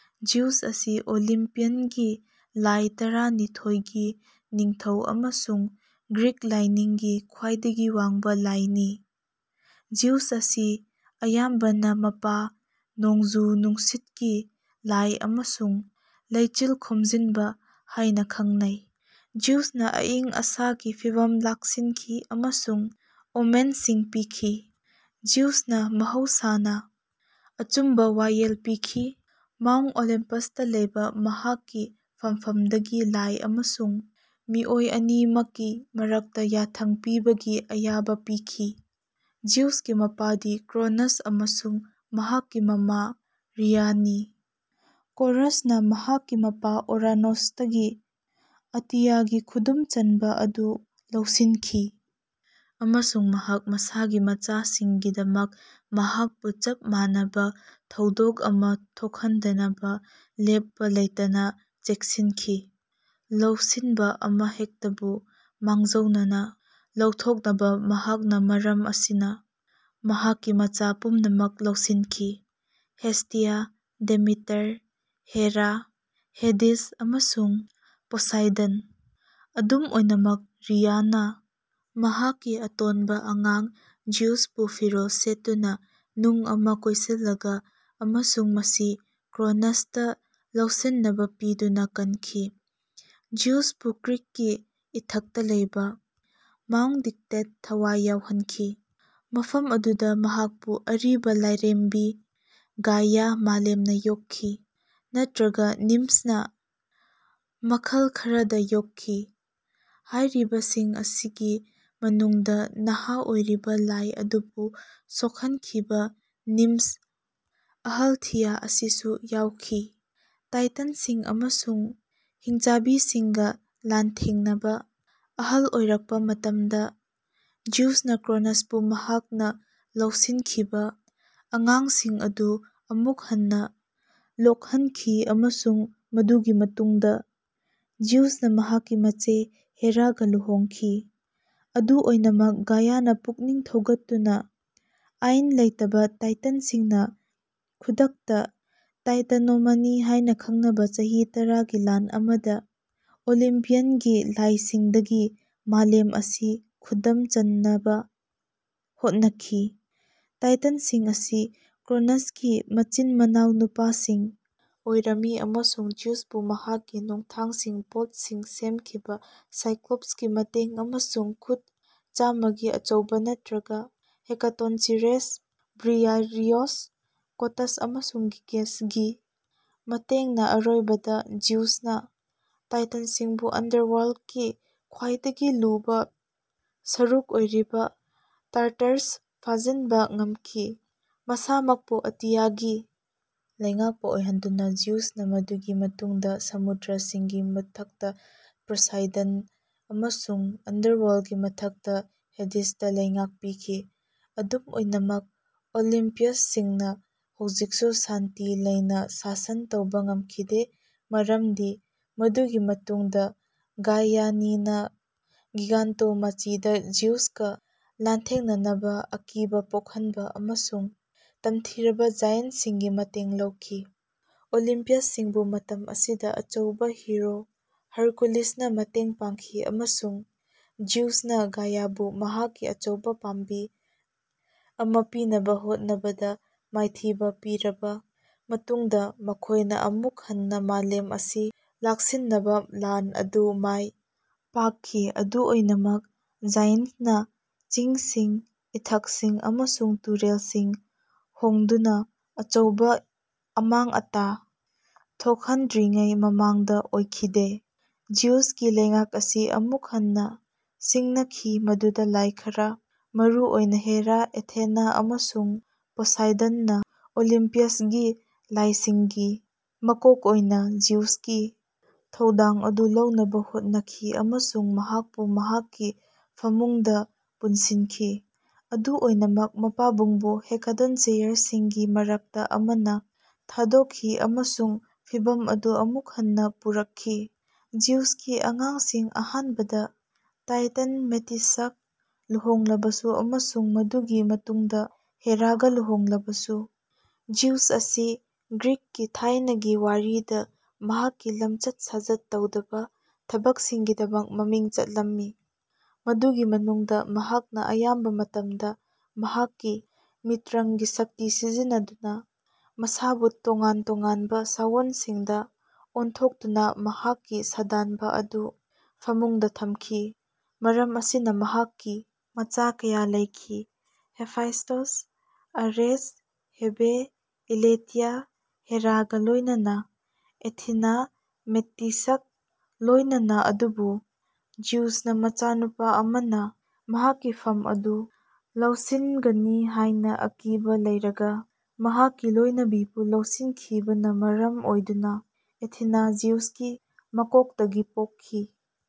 Zeus ꯑꯁꯤ ꯑꯣꯂꯤꯝꯄꯤꯌꯟꯒꯤ ꯂꯥꯏ ꯇꯔꯥꯅꯤꯊꯣꯏꯒꯤ ꯅꯤꯡꯊꯧ ꯑꯃꯁꯨꯡ ꯒ꯭ꯔꯤꯛ ꯂꯥꯏꯅꯤꯡꯒꯤ ꯈ꯭ꯋꯥꯏꯗꯒꯤ ꯋꯥꯡꯕ ꯂꯥꯏꯅꯤ꯫ ꯖꯤꯎꯁ ꯑꯁꯤ ꯑꯌꯥꯝꯕꯅ ꯃꯄꯥ, ꯅꯣꯡꯖꯨ-ꯅꯨꯡꯁꯤꯠꯀꯤ ꯂꯥꯏ ꯑꯃꯁꯨꯡ 'ꯂꯩꯆꯤꯜ ꯈꯣꯝꯖꯤꯟꯕ' ꯍꯥꯏꯅ ꯈꯪꯅꯩ꯫ ꯖꯤꯎꯁꯅ ꯑꯏꯪ ꯑꯁꯥꯒꯤ ꯐꯤꯚꯝ ꯂꯥꯛꯁꯤꯟꯈꯤ ꯑꯃꯁꯨꯡ ꯑꯣꯃꯦꯟꯁꯤꯡ ꯄꯤꯈꯤ꯫ ꯖꯤꯎꯁꯅ ꯃꯍꯧꯁꯥꯅ ꯑꯆꯨꯝꯕ ꯋꯥꯌꯦꯜ ꯄꯤꯈꯤ, ꯃꯥꯎꯟꯠ ꯑꯣꯂꯦꯝꯄꯁꯇ ꯂꯩꯕ ꯃꯍꯥꯛꯀꯤ ꯐꯝꯐꯝꯗꯒꯤ ꯂꯥꯏ ꯑꯃꯁꯨꯡ ꯃꯤꯑꯣꯏ ꯑꯅꯤꯃꯛꯀꯤ ꯃꯔꯛꯇ ꯌꯥꯊꯪ ꯄꯤꯕꯒꯤ ꯑꯌꯥꯕ ꯄꯤꯈꯤ꯫ ꯖꯤꯎꯁꯀꯤ ꯃꯄꯥꯗꯤ ꯀ꯭ꯔꯣꯅꯁ ꯑꯃꯁꯨꯡ ꯃꯍꯥꯛꯀꯤ ꯃꯃꯥ ꯔꯤꯌꯥꯅꯤ꯫ ꯀ꯭ꯔꯣꯅꯁꯅ ꯃꯍꯥꯛꯀꯤ ꯃꯄꯥ ꯑꯣꯔꯥꯅꯣꯁꯇꯒꯤ ꯑꯇꯤꯌꯥꯒꯤ ꯈꯨꯗꯨꯝ ꯆꯟꯕ ꯑꯗꯨ ꯂꯧꯁꯤꯟꯈꯤ ꯑꯃꯁꯨꯡ ꯃꯍꯥꯛ ꯃꯁꯥꯒꯤ ꯃꯆꯥꯁꯤꯡꯗꯒꯤ ꯃꯍꯥꯛꯄꯨ ꯆꯞ ꯃꯥꯟꯅꯕ ꯊꯧꯗꯣꯛ ꯑꯃ ꯊꯣꯛꯍꯟꯗꯅꯕ ꯂꯦꯞꯄ ꯂꯩꯇꯅ ꯆꯦꯛꯁꯤꯟꯈꯤ꯫ ꯂꯧꯁꯤꯟꯕ ꯑꯃꯍꯦꯛꯇꯕꯨ ꯃꯥꯡꯖꯧꯅꯅ ꯂꯧꯊꯣꯛꯅꯕ ꯃꯍꯥꯛꯅ ꯃꯔꯝ ꯑꯁꯤꯅ ꯃꯍꯥꯛꯀꯤ ꯃꯆꯥ ꯄꯨꯝꯅꯃꯛ ꯂꯧꯁꯤꯟꯈꯤ: ꯍꯦꯁꯇꯤꯌꯥ, ꯗꯦꯃꯤꯇꯔ, ꯍꯦꯔꯥ, ꯍꯦꯗꯤꯁ, ꯑꯃꯁꯨꯡ ꯄꯣꯁꯥꯏꯗꯟ꯫ ꯑꯗꯨꯝ ꯑꯣꯏꯅꯃꯛ, ꯔꯤꯌꯥꯅ ꯃꯍꯥꯛꯀꯤ ꯑꯇꯣꯟꯕ ꯑꯉꯥꯡ ꯖ꯭ꯌꯨꯁꯄꯨ ꯐꯤꯔꯣꯜ ꯁꯦꯠꯇꯨꯅ ꯅꯨꯡ ꯑꯃ ꯀꯣꯏꯁꯤꯜꯂꯒ ꯑꯃꯁꯨꯡ ꯃꯁꯤ ꯀ꯭ꯔꯣꯅꯁꯇ ꯂꯧꯁꯤꯟꯅꯕ ꯄꯤꯗꯨꯅ ꯀꯟꯈꯤ꯫ ꯖꯤꯎꯁꯄꯨ ꯀ꯭ꯔꯤꯠꯀꯤ ꯏꯊꯠꯇ ꯂꯩꯕ ꯃꯥꯎꯟꯠ ꯗꯤꯛꯇꯦꯠ ꯊꯋꯥꯏ ꯌꯥꯎꯍꯟꯈꯤ, ꯃꯐꯝ ꯑꯗꯨꯗ ꯃꯍꯥꯛꯄꯨ ꯑꯔꯤꯕ ꯂꯥꯏꯔꯦꯝꯕꯤ ꯒꯥꯏꯌꯥ (ꯃꯥꯂꯦꯝ)ꯅ ꯌꯣꯛꯈꯤ, ꯅꯠꯇ꯭ꯔꯒ ꯅꯤꯝꯁꯅ ꯃꯈꯜ ꯈꯔꯗ ꯌꯣꯛꯈꯤ꯫ ꯍꯥꯏꯔꯤꯕꯁꯤꯡ ꯑꯁꯤꯒꯤ ꯃꯅꯨꯡꯗ ꯅꯍꯥ ꯑꯣꯏꯔꯤꯕ ꯂꯥꯏ ꯑꯗꯨꯕꯨ ꯁꯣꯛꯍꯟꯈꯤꯕ ꯅꯤꯝꯁ, ꯑꯃꯥꯜꯊꯤꯌꯥ ꯑꯁꯤꯁꯨ ꯌꯥꯎꯈꯤ꯫ ꯇꯥꯏꯇꯟꯁꯤꯡ ꯑꯃꯁꯨꯡ ꯍꯤꯡꯆꯥꯕꯁꯤꯡꯒ ꯂꯥꯟꯊꯦꯡꯅꯕ ꯑꯍꯜ ꯑꯣꯏꯔꯛꯄ ꯃꯇꯝꯗ ꯖꯤꯎꯁꯅ ꯀ꯭ꯔꯣꯅꯁꯄꯨ ꯃꯍꯥꯛꯅ ꯂꯧꯁꯤꯟꯈꯤꯕ ꯑꯉꯥꯡꯁꯤꯡ ꯑꯗꯨ ꯑꯃꯨꯛ ꯍꯟꯅ ꯂꯣꯛꯍꯟꯈꯤ ꯑꯃꯁꯨꯡ ꯃꯗꯨꯒꯤ ꯃꯇꯨꯡꯗ ꯖꯤꯎꯁꯅ ꯃꯍꯥꯛꯀꯤ ꯃꯆꯦ ꯍꯦꯔꯥꯒ ꯂꯨꯍꯣꯡꯈꯤ꯫ ꯑꯗꯨꯝ ꯑꯣꯏꯅꯃꯛ, ꯒꯥꯏꯌꯥꯅ ꯄꯨꯛꯅꯤꯡ ꯊꯧꯒꯠꯇꯨꯅ ꯑꯥꯏꯟ ꯂꯩꯇꯕ ꯇꯥꯏꯇꯟꯁꯤꯡꯅ ꯈꯨꯗꯛꯇ ꯇꯥꯏꯇꯥꯅꯣꯃꯥꯆꯤ ꯍꯥꯏꯅ ꯈꯪꯅꯕ ꯆꯍꯤ ꯇꯔꯥꯒꯤ ꯂꯥꯟ ꯑꯃꯗ ꯑꯣꯂꯤꯝꯄꯤꯌꯟꯒꯤ ꯂꯥꯏꯁꯤꯡꯗꯒꯤ ꯃꯥꯂꯦꯝ ꯑꯁꯤ ꯈꯨꯗꯨꯝ ꯆꯟꯅꯕ ꯍꯣꯠꯅꯈꯤ꯫ ꯇꯥꯏꯇꯟꯁꯤꯡ ꯑꯁꯤ ꯀ꯭ꯔꯣꯅꯁꯀꯤ ꯃꯆꯤꯟ-ꯃꯅꯥꯎ ꯅꯨꯄꯥꯁꯤꯡ ꯑꯣꯏꯔꯝꯃꯤ ꯑꯃꯁꯨꯡ ꯖꯤꯎꯁꯄꯨ ꯃꯍꯥꯛꯀꯤ ꯅꯣꯡꯊꯥꯡꯕ ꯕꯣꯜꯠꯁꯤꯡ ꯁꯦꯝꯈꯤꯕ ꯁꯥꯏꯀ꯭ꯂꯣꯞꯁꯀꯤ ꯃꯇꯦꯡ ꯑꯃꯁꯨꯡ ꯈꯨꯠ ꯆꯥꯝꯃꯒꯤ ꯑꯆꯧꯕ ꯅꯠꯇ꯭ꯔꯒ ꯍꯦꯀꯥꯇꯣꯟꯆꯤꯔꯦꯁ (ꯕ꯭ꯔꯤꯌꯥꯔꯤꯑꯣꯁ, ꯀꯣꯇꯁ ꯑꯃꯁꯨꯡ ꯒꯤꯒꯦꯁ)ꯒꯤ ꯃꯇꯦꯡꯅ ꯑꯔꯣꯏꯕꯗ ꯖꯤꯎꯁꯅ ꯇꯥꯏꯇꯟꯁꯤꯡꯕꯨ ꯑꯟꯗꯔꯋꯥꯔꯜꯀꯤ ꯈ꯭ꯋꯥꯏꯗꯒꯤ ꯂꯨꯕ ꯁꯔꯨꯛ ꯑꯣꯏꯔꯤꯕ ꯇꯥꯔꯇꯥꯔꯁꯇ ꯐꯥꯖꯤꯟꯕ ꯉꯝꯈꯤ꯫ ꯃꯁꯥꯃꯛꯄꯨ ꯑꯇꯤꯌꯥꯒꯤ ꯂꯩꯉꯥꯛꯄ ꯑꯣꯏꯍꯟꯗꯨꯅ, ꯖꯤꯎꯁꯅ ꯃꯗꯨꯒꯤ ꯃꯇꯨꯡꯗ ꯁꯃꯨꯗ꯭ꯔꯁꯤꯡꯒꯤ ꯃꯊꯛꯇ ꯄꯣꯁꯥꯏꯗꯟ ꯑꯃꯁꯨꯡ ꯑꯟꯗꯔꯋꯥꯔꯜꯀꯤ ꯃꯊꯛꯇ ꯍꯦꯗꯤꯁꯇ ꯂꯩꯉꯥꯛ ꯄꯤꯈꯤ꯫ ꯑꯗꯨꯝ ꯑꯣꯏꯅꯃꯛ, ꯑꯣꯂꯤꯝꯄꯤꯌꯟꯁꯤꯡꯅ ꯍꯧꯖꯤꯛꯁꯨ ꯁꯥꯟꯇꯤ ꯂꯩꯅ ꯁꯥꯁꯟ ꯇꯧꯕ ꯉꯝꯈꯤꯗꯦ, ꯃꯔꯝꯗꯤ ꯃꯗꯨꯒꯤ ꯃꯇꯨꯡꯗ ꯒꯥꯏꯌꯥꯅ ꯒꯤꯒꯥꯟꯇꯣꯃꯥꯆꯤꯗ ꯖꯤꯎꯁꯀ ꯂꯥꯟꯊꯦꯡꯅꯅꯕ ꯑꯀꯤꯕ ꯄꯣꯛꯍꯟꯕ ꯑꯃꯁꯨꯡ ꯇꯝꯊꯤꯔꯕ ꯖꯥꯏꯟꯠꯁꯤꯡꯒꯤ ꯃꯇꯦꯡ ꯂꯧꯈꯤ꯫ ꯑꯣꯂꯤꯝꯄꯤꯌꯟꯁꯤꯡꯕꯨ ꯃꯇꯝ ꯑꯁꯤꯗ ꯑꯆꯧꯕ ꯍꯤꯔꯣ ꯍꯔꯀꯨꯂꯤꯁꯅ ꯃꯇꯦꯡ ꯄꯥꯡꯈꯤ ꯑꯃꯁꯨꯡ ꯖꯤꯎꯁꯅ ꯒꯥꯏꯌꯥꯕꯨ ꯃꯍꯥꯛꯀꯤ ꯑꯆꯧꯕ ꯄꯥꯝꯕꯤ ꯑꯃ ꯄꯤꯅꯕ ꯍꯣꯠꯅꯕꯗ ꯃꯥꯏꯊꯤꯕ ꯄꯤꯔꯕ ꯃꯇꯨꯡꯗ, ꯃꯈꯣꯏꯅ ꯑꯃꯨꯛ ꯍꯟꯅ ꯃꯥꯂꯦꯝ ꯑꯁꯤ ꯂꯥꯛꯁꯤꯟꯅꯕ ꯂꯥꯟ ꯑꯗꯨ ꯃꯥꯏ ꯄꯥꯛꯈꯤ, ꯑꯗꯨꯝ ꯑꯣꯏꯅꯃꯛ, ꯖꯥꯏꯟꯠꯁꯅ ꯆꯤꯡꯁꯤꯡ, ꯏꯊꯠꯁꯤꯡ ꯑꯃꯁꯨꯡ ꯇꯨꯔꯦꯜꯁꯤꯡ ꯍꯣꯡꯗꯨꯅ ꯑꯆꯧꯕ ꯑꯃꯥꯡ-ꯑꯇꯥ ꯊꯣꯛꯍꯟꯗ꯭ꯔꯤꯉꯩ ꯃꯃꯥꯡꯗ ꯑꯣꯏꯈꯤꯗꯦ꯫ ꯖꯤꯎꯁꯀꯤ ꯂꯩꯉꯥꯛ ꯑꯁꯤ ꯑꯃꯨꯛ ꯍꯟꯅ ꯁꯤꯡꯅꯈꯤ ꯃꯗꯨꯗ ꯂꯥꯏ ꯈꯔ, ꯃꯔꯨꯑꯣꯏꯅ ꯍꯦꯔꯥ, ꯑꯦꯊꯦꯅꯥ ꯑꯃꯁꯨꯡ ꯄꯣꯁꯥꯏꯗꯟꯅ ꯑꯣꯂꯤꯝꯄꯤꯌꯟꯒꯤ ꯂꯥꯏꯁꯤꯡꯒꯤ ꯃꯀꯣꯛ ꯑꯣꯏꯅ ꯖꯤꯎꯁꯀꯤ ꯊꯧꯗꯥꯡ ꯑꯗꯨ ꯂꯧꯅꯕ ꯍꯣꯠꯅꯈꯤ ꯑꯃꯁꯨꯡ ꯃꯍꯥꯛꯄꯨ ꯃꯍꯥꯛꯀꯤ ꯐꯃꯨꯡꯗ ꯄꯨꯟꯁꯤꯟꯈꯤ꯫ ꯑꯗꯨꯝ ꯑꯣꯏꯅꯃꯛ, ꯃꯄꯥꯕꯨꯡꯕꯨ ꯍꯦꯀꯥꯇꯣꯟꯆꯦꯌꯔꯁꯤꯡꯒꯤ ꯃꯔꯛꯇ ꯑꯃꯅ ꯊꯥꯗꯣꯛꯈꯤ ꯑꯃꯁꯨꯡ ꯐꯤꯚꯝ ꯑꯗꯨ ꯑꯃꯨꯛ ꯍꯟꯅ ꯄꯨꯔꯛꯈꯤ꯫ ꯖꯤꯎꯁꯀꯤ ꯑꯉꯥꯡꯁꯤꯡ ꯑꯍꯥꯟꯕꯗ ꯇꯥꯏꯇꯟ ꯃꯦꯇꯤꯁꯀ ꯂꯨꯍꯣꯡꯂꯕꯁꯨ ꯑꯃꯁꯨꯡ ꯃꯗꯨꯒꯤ ꯃꯇꯨꯡꯗ ꯍꯦꯔꯥꯒ ꯂꯨꯍꯣꯡꯂꯕꯁꯨ, ꯖꯤꯎꯁ ꯑꯁꯤ ꯒ꯭ꯔꯤꯛꯀꯤ ꯊꯥꯏꯅꯒꯤ ꯋꯥꯔꯤꯗ ꯃꯍꯥꯛꯀꯤ ꯂꯝꯆꯠ-ꯁꯥꯖꯠ ꯇꯧꯗꯕ ꯊꯕꯛꯁꯤꯡꯒꯤꯗꯃꯛ ꯃꯃꯤꯡ ꯆꯠꯂꯝꯃꯤ, ꯃꯗꯨꯒꯤ ꯃꯅꯨꯡꯗ ꯃꯍꯥꯛꯅ ꯑꯌꯥꯝꯕ ꯃꯇꯝꯗ ꯃꯍꯥꯛꯀꯤ ꯃꯤꯇ꯭ꯔꯪꯒꯤ ꯁꯛꯇꯤ ꯁꯤꯖꯤꯟꯅꯗꯨꯅ ꯃꯁꯥꯕꯨ ꯇꯣꯉꯥꯟ ꯇꯣꯉꯥꯟꯕ ꯁꯥꯏꯑꯣꯟꯁꯤꯡꯗ ꯑꯣꯟꯊꯣꯛꯇꯨꯅ ꯃꯍꯥꯛꯀꯤ ꯁꯥꯗꯥꯟꯕ ꯑꯗꯨ ꯐꯃꯨꯡꯗ ꯊꯝꯈꯤ꯫ ꯃꯔꯝ ꯑꯁꯤꯅ ꯃꯍꯥꯛꯀꯤ ꯃꯆꯥ ꯀꯌꯥ ꯂꯩꯈꯤ: ꯍꯦꯐꯥꯏꯁ꯭ꯇꯣꯁ, ꯑꯔꯦꯁ, ꯍꯦꯕꯦ, ꯏꯂꯦꯊꯤꯌꯥ ꯍꯦꯔꯥꯒ ꯂꯣꯏꯅꯅ꯫ ꯑꯦꯊꯤꯅꯥ ꯃꯦꯇꯤꯁꯀ ꯂꯣꯏꯅꯅ ꯑꯗꯨꯕꯨ ꯖꯤꯎꯁꯅ ꯃꯆꯥꯅꯨꯄꯥ ꯑꯃꯅ ꯃꯍꯥꯛꯀꯤ ꯐꯝ ꯑꯗꯨ ꯂꯧꯁꯤꯟꯒꯅꯤ ꯍꯥꯏꯅ ꯑꯀꯤꯕ ꯂꯩꯔꯒ ꯃꯍꯥꯛꯀꯤ ꯂꯣꯏꯅꯕꯤꯕꯨ ꯂꯧꯁꯤꯟꯈꯤꯕꯅ ꯃꯔꯝ ꯑꯣꯏꯗꯨꯅ ꯑꯦꯊꯤꯅꯥ ꯖꯤꯎꯁꯀꯤ ꯃꯀꯣꯛꯇꯒꯤ ꯄꯣꯛꯈꯤ꯫